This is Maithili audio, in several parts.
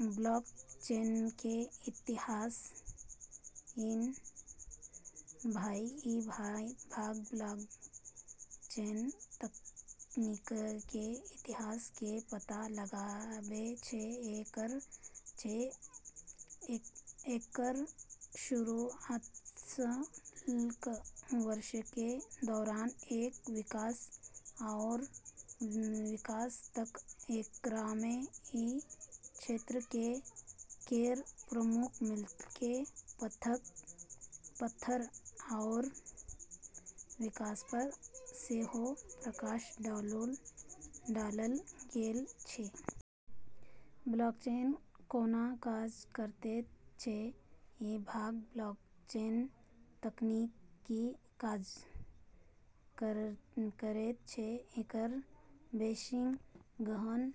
ब्लॉकचेनके इतिहास: ई भाग ब्लॉकचेन तकनीकके इतिहास के पता लगाबै छै, एकर शुरूआतसँ ल' क' वर्षोके दौरान एकर विकास आओर विकास तक। एकरामे ई क्षेत्र केर प्रमुख मीलके पत्थर आओर विकास पर सेहो प्रकाश डालल गेल छै। ब्लॉकचेन कोना काज करैत छै: ई भाग ब्लॉकचेन तकनीक की काज करैत छै, एकर बेशी गहन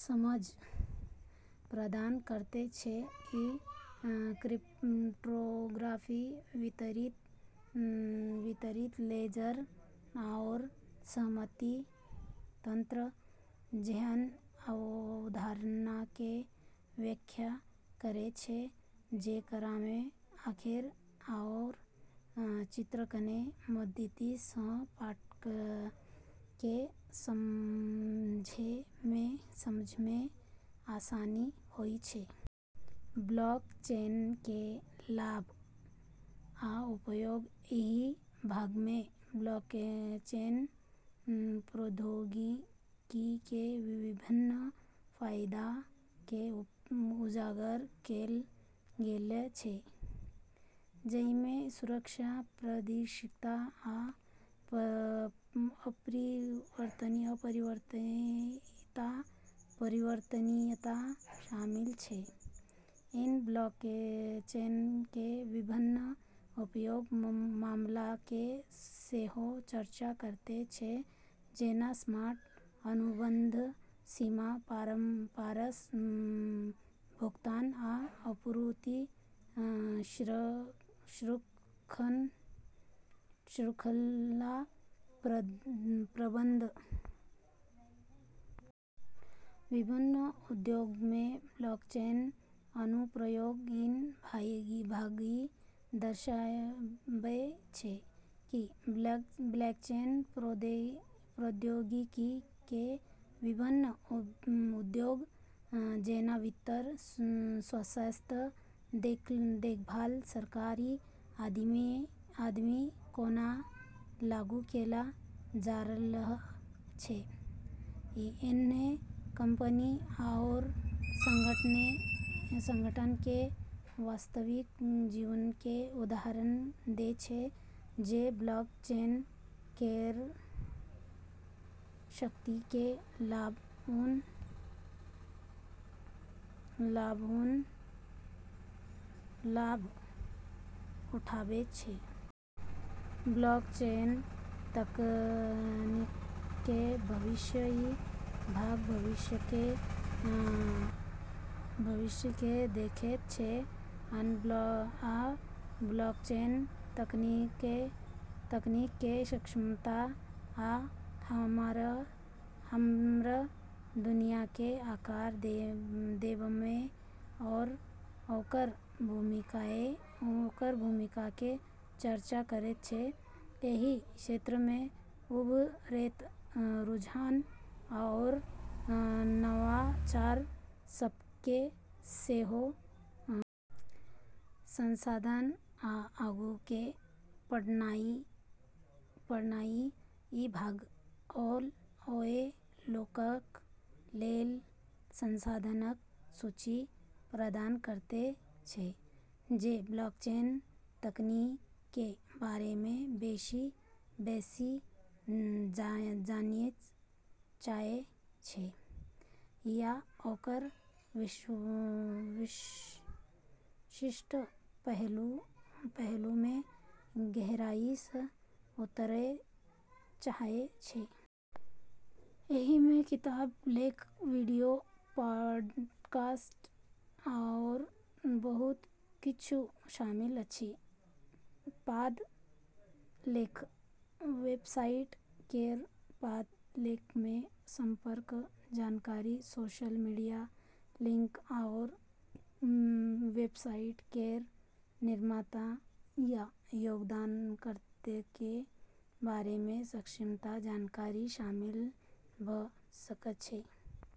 समझ प्रदान करैत छै । ई क्रिप्टोग्राफी, वितरित लेजर, आओर सहमति तंत्र जेहन अवधारणाके व्याख्या करै छै, जेकरामे आरेख आओर चित्रणके मदति सँ पाठकके समझैमे आसानी होइ छै। ब्लॉकचेनके लाभ आ उपयोग: एहि भागमे ब्लॉकचेन प्रौद्योगिकीके विभिन्न फाइदाके उजागर कैल गेल छै, जइमे सुरक्षा, पारदर्शिता, आ अपरिवर्तनीयता शामिल छै । ई ब्लॉकचेनके विभिन्न उपयोग मामलाके सेहो चर्चा करैत छै, जेना स्मार्ट अनुबंध, सीमा पारसँ भुगतान, आ आपूर्ति श्रृंखला प्रबंधन । विभिन्न उद्योगमे ब्लॉकचेन अनुप्रयोग: ई भाग ई दर्शाबय छै कि ब्लॉकचेन प्रौद्योगिकीके विभिन्न उद्योग जेना वित्त, स्वास्थ्य देखभाल, सरकारी, आदिमे कोना लागू कैल जा रहल छै । ई एहन कंपनी आओर संगठनके वास्तविक जीवनके उदाहरण दै छै जे ब्लॉकचेन केर शक्तिके लाभ उठाबै छै। ब्लॉकचेन तकनीकके भविष्य: ई भाग भविष्यके देखैत छै आ ब्लॉकचेन तकनीकके क्षमता आ हमर दुनियाके आकार देबयमे ओकर भूमिकाके चर्चा करैत छै । एहि क्षेत्रमे उभरैत रुझान आओर नवाचार सबके सेहो छूबै छै। संसाधन आ आगूके पढ़नाइ: ई भाग ओए लोकक लेल संसाधनक सूची प्रदान करैत छै जे ब्लॉकचेन तकनीकके बारेमे बेशी बेसि जानय चाहय छै या ओकर विशिष्ट पहलुमे गहराइसँ उतरय चाहय छै । एहिमे किताब, लेख, वीडियो, पॉडकास्ट, आओर बहुत किछु शामिल अछि । पाद लेख: वेबसाइट केर पाद लेखमे संपर्क जानकारी, सोशल मीडिया लिंक, आओर वेबसाइट केर निर्माता या योगदानकर्ताके बारेमे संक्षिप्त जानकारी शामिल भ' सकै छै।